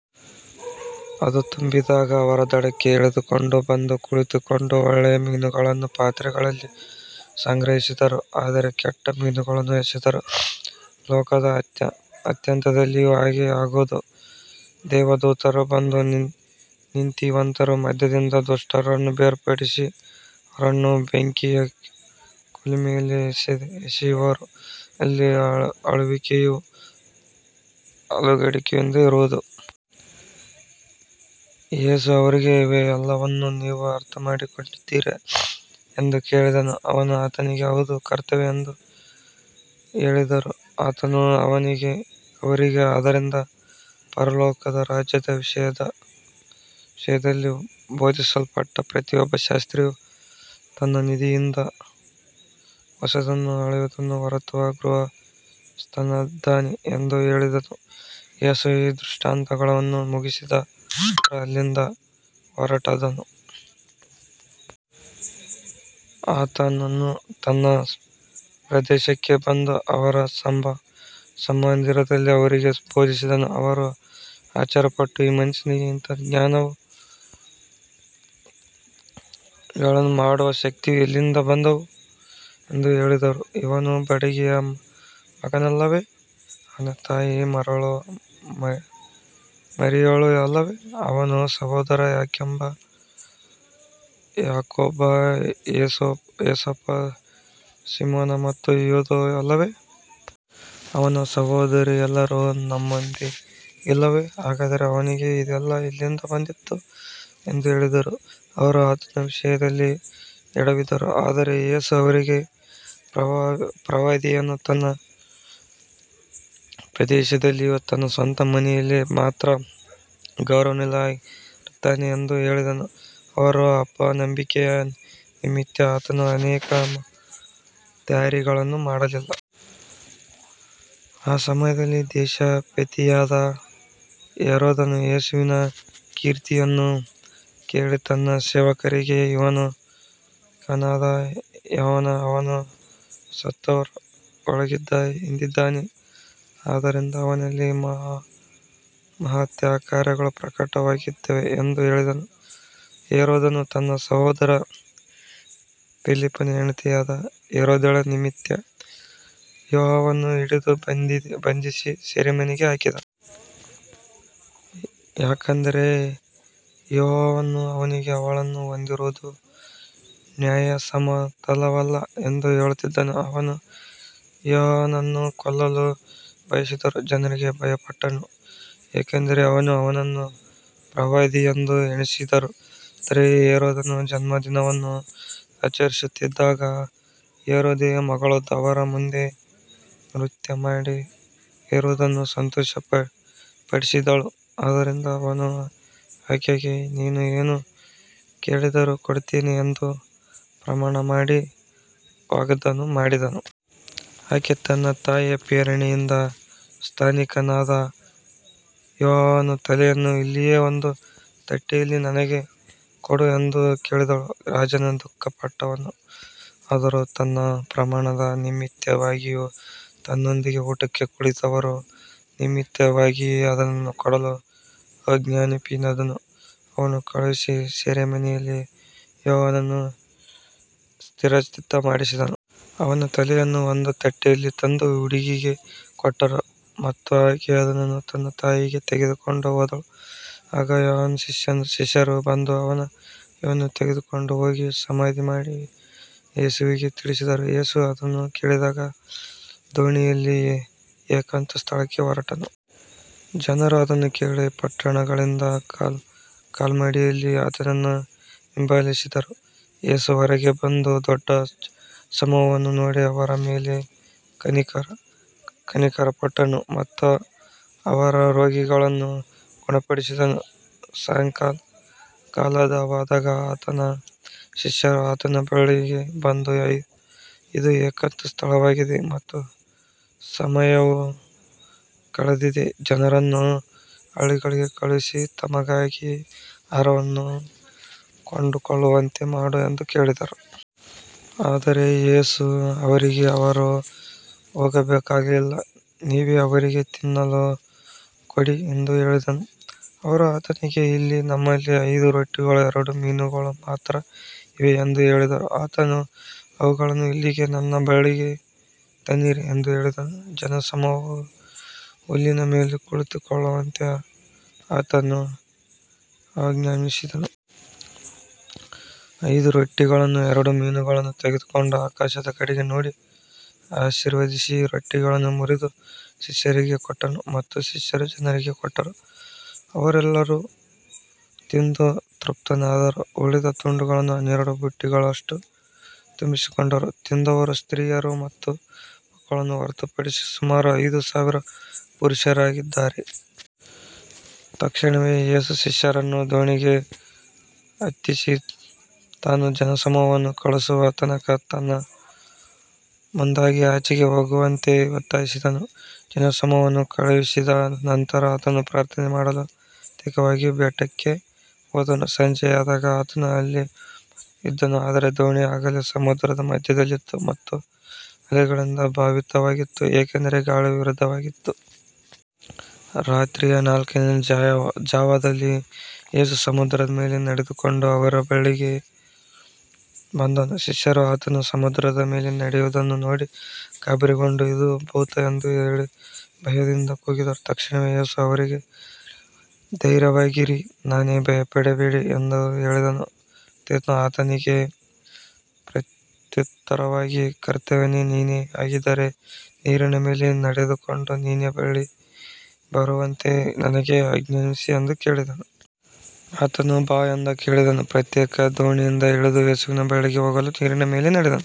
ಅದು ತುಂಬಿದಾಗ ಅವರು ದಡಕ್ಕೆ ಎಳೆದುಕೊಂಡು ಬಂದು ಕುಳಿತುಕೊಂಡು ಒಳ್ಳೆಯ ಮೀನುಗಳನ್ನು ಪಾತ್ರೆಗಳಲ್ಲಿ ಸಂಗ್ರಹಿಸಿದರು, ಆದರೆ ಕೆಟ್ಟ ಮೀನುಗಳನ್ನು ಎಸೆದರು. ಲೋಕದ ಅಂತ್ಯದಲ್ಲಿಯೂ ಹಾಗೆಯೇ ಆಗುವುದು. ದೇವದೂತರು ಬಂದು ನೀತಿವಂತರ ಮಧ್ಯದಿಂದ ದುಷ್ಟರನ್ನು ಬೇರ್ಪಡಿಸಿ, ಅವರನ್ನು ಬೆಂಕಿಯ ಕುಲುಮೆಯಲ್ಲಿ ಎಸೆಯುವರು. ಅಲ್ಲಿ ಅಳುವಿಕೆಯೂ ಹಲ್ಲುಕಡಿಯುವಿಕೆಯೂ ಇರುವುದು. ಯೇಸು ಅವರಿಗೆ, ಇವೆಲ್ಲವನ್ನೂ ನೀವು ಅರ್ಥಮಾಡಿಕೊಂಡಿದ್ದೀರಾ ಎಂದು ಕೇಳಿದನು. ಅವರು ಆತನಿಗೆ, ಹೌದು, ಕರ್ತನೇ ಎಂದು ಹೇಳಿದರು. ಆತನು ಅವರಿಗೆ, ಆದ್ದರಿಂದ ಪರಲೋಕದ ರಾಜ್ಯದ ವಿಷಯದಲ್ಲಿ ಬೋಧಿಸಲ್ಪಟ್ಟ ಪ್ರತಿಯೊಬ್ಬ ಶಾಸ್ತ್ರಿಯೂ ತನ್ನ ನಿಧಿಯಿಂದ ಹೊಸದನ್ನೂ ಹಳೆಯದನ್ನೂ ಹೊರತರುವ ಗೃಹಸ್ಥನಂತಿದ್ದಾನೆ ಎಂದು ಹೇಳಿದನು. ಯೇಸು ಈ ದೃಷ್ಟಾಂತಗಳನ್ನು ಮುಗಿಸಿದ ನಂತರ ಅಲ್ಲಿಂದ ಹೊರಟುಹೋದನು. ಆತನು ತನ್ನ ಸ್ವದೇಶಕ್ಕೆ ಬಂದು ಅವರ ಸಭಾಮಂದಿರದಲ್ಲಿ ಅವರಿಗೆ ಬೋಧಿಸಿದನು. ಅವರು ಆಶ್ಚರ್ಯಪಟ್ಟು, ಈ ಮನುಷ್ಯನಿಗೆ ಇಂಥ ಜ್ಞಾನವೂ ಮಹತ್ಕಾರ್ಯಗಳನ್ನು ಮಾಡುವ ಶಕ್ತಿಯೂ ಎಲ್ಲಿಂದ ಬಂದವು ಎಂದು ಹೇಳಿದರು. ಇವನು ಬಡಗಿಯ ಮಗನಲ್ಲವೇ? ಅವನ ತಾಯಿ ಮರಿಯಳು ಅಲ್ಲವೇ? ಅವನ ಸಹೋದರರು ಯಾಕೋಬ, ಯೋಸೇಫ, ಸೀಮೋನ ಮತ್ತು ಯೂದ ಅಲ್ಲವೇ? ಅವನ ಸಹೋದರಿಯರೆಲ್ಲರೂ ನಮ್ಮೊಂದಿಗಿಲ್ಲವೇ? ಹಾಗಾದರೆ ಇವನಿಗೆ ಇದೆಲ್ಲ ಎಲ್ಲಿಂದ ಬಂದಿತು ಎಂದು ಹೇಳಿದರು. ಅವರು ಆತನ ವಿಷಯದಲ್ಲಿ ಎಡವಿದರು. ಆದರೆ ಯೇಸು ಅವರಿಗೆ, ಪ್ರವಾದಿಯು ತನ್ನ ಸ್ವದೇಶದಲ್ಲಿಯೂ ತನ್ನ ಸ್ವಂತ ಮನೆಯಲ್ಲಿ ಮಾತ್ರ ಗೌರವವಿಲ್ಲದವನಾಗಿರುತ್ತಾನೆ ಎಂದು ಹೇಳಿದನು. ಅವರ ಅಪನಂಬಿಕೆಯ ನಿಮಿತ್ತ ಆತನು ಅಲ್ಲಿ ಅನೇಕ ಮಹತ್ಕಾರ್ಯಗಳನ್ನು ಮಾಡಲಿಲ್ಲ. ಆ ಸಮಯದಲ್ಲಿ ದೇಶಾಧಿಪತಿಯಾದ ಹೆರೋದನು ಯೇಸುವಿನ ಕೀರ್ತಿಯನ್ನು ಕೇಳಿ ತನ್ನ ಸೇವಕರಿಗೆ, ಇವನು ಸ್ನಾನಿಕನಾದ ಯೋಹಾನನು, ಅವನು ಸತ್ತವರೊಳಗಿಂದ ಎದ್ದಿದ್ದಾನೆ. ಆದ್ದರಿಂದ ಅವನಲ್ಲಿ ಮಹತ್ಕಾರ್ಯಗಳು ಪ್ರಕಟವಾಗುತ್ತಿವೆ ಎಂದು ಹೇಳಿದನು. ಹೆರೋದನು ತನ್ನ ಸಹೋದರ ಫಿಲಿಪ್ಪನ ಹೆಂಡತಿಯಾದ ಹೆರೋದ್ಯಳ ನಿಮಿತ್ತ ಯೋಹಾನನನ್ನು ಹಿಡಿದು ಬಂಧಿಸಿ ಸೆರೆಮನೆಗೆ ಹಾಕಿದ್ದನು. ಯಾಕಂದರೆ ಯೋಹಾನನು ಅವನಿಗೆ, ಅವಳನ್ನು ಹೊಂದಿರುವುದು ನ್ಯಾಯಸಮ್ಮತವಲ್ಲ ಎಂದು ಹೇಳುತ್ತಿದ್ದನು. ಅವನು ಯೋಹಾನನನ್ನು ಕೊಲ್ಲಲು ಬಯಸಿದರೂ ಜನರಿಗೆ ಭಯಪಟ್ಟನು, ಏಕೆಂದರೆ ಅವರು ಅವನನ್ನು ಪ್ರವಾದಿಯೆಂದು ಎಣಿಸಿದ್ದರು. ಆದರೆ ಹೆರೋದನ ಜನ್ಮದಿನವನ್ನು ಆಚರಿಸುತ್ತಿದ್ದಾಗ ಹೆರೋದ್ಯಳ ಮಗಳು ಅವರ ಮುಂದೆ ನೃತ್ಯಮಾಡಿ ಹೆರೋದನನ್ನು ಸಂತೋಷಪಡಿಸಿದಳು. ಆದ್ದರಿಂದ ಅವನು ಆಕೆಗೆ, ನೀನು ಏನು ಕೇಳಿದರೂ ಕೊಡುತ್ತೇನೆ ಎಂದು ಪ್ರಮಾಣಮಾಡಿ ವಾಗ್ದಾನ ಮಾಡಿದನು. ಆಕೆ ತನ್ನ ತಾಯಿಯ ಪ್ರೇರಣೆಯಿಂದ, ಸ್ನಾನಿಕನಾದ ಯೋಹಾನನ ತಲೆಯನ್ನು ಇಲ್ಲಿಯೇ ಒಂದು ತಟ್ಟೆಯಲ್ಲಿ ನನಗೆ ಕೊಡು ಎಂದು ಕೇಳಿದಳು. ರಾಜನು ದುಃಖಪಟ್ಟನು. ಆದರೂ ತನ್ನ ಪ್ರಮಾಣದ ನಿಮಿತ್ತವಾಗಿಯೂ ತನ್ನೊಂದಿಗೆ ಊಟಕ್ಕೆ ಕುಳಿತಿದ್ದವರ ನಿಮಿತ್ತವಾಗಿಯೂ ಅದನ್ನು ಕೊಡಲು ಆಜ್ಞಾಪಿಸಿದನು. ಅವನು ಕಳುಹಿಸಿ ಸೆರೆಮನೆಯಲ್ಲಿ ಯೋಹಾನನ ಶಿರಚ್ಛೇದ ಮಾಡಿಸಿದನು. ಅವನ ತಲೆಯನ್ನು ಒಂದು ತಟ್ಟೆಯಲ್ಲಿ ತಂದು ಹುಡುಗಿಗೆ ಕೊಟ್ಟರು ಮತ್ತು ಆಕೆ ಅದನ್ನು ತನ್ನ ತಾಯಿಗೆ ತೆಗೆದುಕೊಂಡು ಹೋದಳು. ಆಗ ಯೋಹಾನನ ಶಿಷ್ಯರು ಬಂದು ಅವನ ದೇಹವನ್ನು ತೆಗೆದುಕೊಂಡು ಹೋಗಿ ಸಮಾಧಿಮಾಡಿ, ಯೇಸುವಿಗೆ ತಿಳಿಸಿದರು. ಯೇಸು ಅದನ್ನು ಕೇಳಿದಾಗ ಅಲ್ಲಿಂದ ದೋಣಿಯಲ್ಲಿ ಏಕಾಂತ ಸ್ಥಳಕ್ಕೆ ಹೊರಟುಹೋದನು. ಜನರು ಅದನ್ನು ಕೇಳಿ ಪಟ್ಟಣಗಳಿಂದ ಕಾಲ್ನಡಿಗೆಯಲ್ಲಿ ಆತನನ್ನು ಹಿಂಬಾಲಿಸಿದರು. ಯೇಸು ಹೊರಗೆ ಬಂದು ದೊಡ್ಡ ಜನಸಮೂಹವನ್ನು ನೋಡಿ ಅವರ ಮೇಲೆ ಕನಿಕರಪಟ್ಟನು ಮತ್ತು ಅವರ ರೋಗಿಗಳನ್ನು ಗುಣಪಡಿಸಿದನು. ಸಾಯಂಕಾಲವಾದಾಗ ಆತನ ಶಿಷ್ಯರು ಆತನ ಬಳಿಗೆ ಬಂದು, ಇದು ಏಕಾಂತ ಸ್ಥಳವಾಗಿದೆ ಮತ್ತು ಸಮಯವೂ ಕಳೆದಿದೆ. ಜನರನ್ನು ಹಳ್ಳಿಗಳಿಗೆ ಕಳುಹಿಸಿ ತಮಗಾಗಿ ಆಹಾರವನ್ನು ಕೊಂಡುಕೊಳ್ಳುವಂತೆ ಮಾಡು ಎಂದು ಹೇಳಿದರು. ಆದರೆ ಯೇಸು ಅವರಿಗೆ, ಅವರು ಹೋಗಬೇಕಾಗಿಲ್ಲ, ನೀವೇ ಅವರಿಗೆ ತಿನ್ನಲು ಕೊಡಿ ಎಂದು ಹೇಳಿದನು. ಅವರು ಆತನಿಗೆ, ಇಲ್ಲಿ ನಮ್ಮಲ್ಲಿ ಐದು ರೊಟ್ಟಿಗಳೂ ಎರಡು ಮೀನುಗಳೂ ಮಾತ್ರ ಇವೆ ಎಂದು ಹೇಳಿದರು. ಆತನು, ಅವುಗಳನ್ನು ಇಲ್ಲಿಗೆ ನನ್ನ ಬಳಿಗೆ ತನ್ನಿರಿ ಎಂದು ಹೇಳಿದನು. ಜನಸಮೂಹವು ಹುಲ್ಲಿನ ಮೇಲೆ ಕುಳಿತುಕೊಳ್ಳುವಂತೆ ಆತನು ಆಜ್ಞಾಪಿಸಿದನು. ಐದು ರೊಟ್ಟಿಗಳನ್ನೂ ಎರಡು ಮೀನುಗಳನ್ನೂ ತೆಗೆದುಕೊಂಡು, ಆಕಾಶದ ಕಡೆಗೆ ನೋಡಿ ಆಶೀರ್ವದಿಸಿ, ರೊಟ್ಟಿಗಳನ್ನು ಮುರಿದು ಶಿಷ್ಯರಿಗೆ ಕೊಟ್ಟನು ಮತ್ತು ಶಿಷ್ಯರು ಜನರಿಗೆ ಕೊಟ್ಟರು. ಅವರೆಲ್ಲರೂ ತಿಂದು ತೃಪ್ತರಾದರು. ಉಳಿದ ತುಂಡುಗಳನ್ನು ಹನ್ನೆರಡು ಬುಟ್ಟಿಗಳಷ್ಟು ತುಂಬಿಸಿಕೊಂಡರು. ತಿಂದವರು ಸ್ತ್ರೀಯರು ಮತ್ತು ಮಕ್ಕಳನ್ನು ಹೊರತುಪಡಿಸಿ ಸುಮಾರು ಐದು ಸಾವಿರ ಪುರುಷರಾಗಿದ್ದರು. ತಕ್ಷಣವೇ ಯೇಸು ಶಿಷ್ಯರನ್ನು ದೋಣಿಗೆ ಹತ್ತಿಸಿ, ತಾನು ಜನಸಮೂಹವನ್ನು ಕಳುಹಿಸುವ ತನಕ ತನ್ನ ಮುಂದಾಗಿ ಆಚೆಗೆ ಹೋಗುವಂತೆ ಒತ್ತಾಯಿಸಿದನು. ಜನಸಮೂಹವನ್ನು ಕಳುಹಿಸಿದ ನಂತರ ಆತನು ಪ್ರಾರ್ಥನೆಮಾಡಲು ಪ್ರತ್ಯೇಕವಾಗಿ ಬೆಟ್ಟಕ್ಕೆ ಹೋದನು. ಸಂಜೆವಾದಾಗ ಆತನು ಅಲ್ಲಿ ಒಬ್ಬನೇ ಇದ್ದನು. ಆದರೆ ದೋಣಿ ಆಗಲೇ ಸಮುದ್ರದ ಮಧ್ಯದಲ್ಲಿತ್ತು ಮತ್ತು ಅಲೆಗಳಿಂದ ಬಾಧಿತವಾಗಿತ್ತು, ಏಕೆಂದರೆ ಗಾಳಿ ವಿರುದ್ಧವಾಗಿತ್ತು. ರಾತ್ರಿಯ ನಾಲ್ಕನೆಯ ಜಾವದಲ್ಲಿ ಯೇಸು ಸಮುದ್ರದ ಮೇಲೆ ನಡೆದುಕೊಂಡು ಅವರ ಬಳಿಗೆ ಬಂದನು. ಶಿಷ್ಯರು ಆತನು ಸಮುದ್ರದ ಮೇಲೆ ನಡೆಯುವುದನ್ನು ನೋಡಿ ಗಾಬರಿಗೊಂಡು, ಇದು ಭೂತ ಎಂದು ಹೇಳಿ ಭಯದಿಂದ ಕೂಗಿದರು. ತಕ್ಷಣವೇ ಯೇಸು ಅವರಿಗೆ, ಧೈರ್ಯವಾಗಿರಿ, ನಾನೇ, ಭಯಪಡಬೇಡಿರಿ ಎಂದು ಹೇಳಿದನು. ಪೇತ್ರನು ಆತನಿಗೆ ಪ್ರತ್ಯುತ್ತರವಾಗಿ, ಕರ್ತನೇ, ನೀನೇ ಆಗಿದ್ದರೆ ನೀರಿನ ಮೇಲೆ ನಡೆದುಕೊಂಡು ನಿನ್ನ ಬಳಿಗೆ ಬರುವಂತೆ ನನಗೆ ಆಜ್ಞಾಪಿಸು ಎಂದು ಹೇಳಿದನು. ಆತನು, ಬಾ ಎಂದು ಹೇಳಿದನು. ಪೇತ್ರನು ದೋಣಿಯಿಂದ ಇಳಿದು ಯೇಸುವಿನ ಬಳಿಗೆ ಹೋಗಲು ನೀರಿನ ಮೇಲೆ ನಡೆದನು.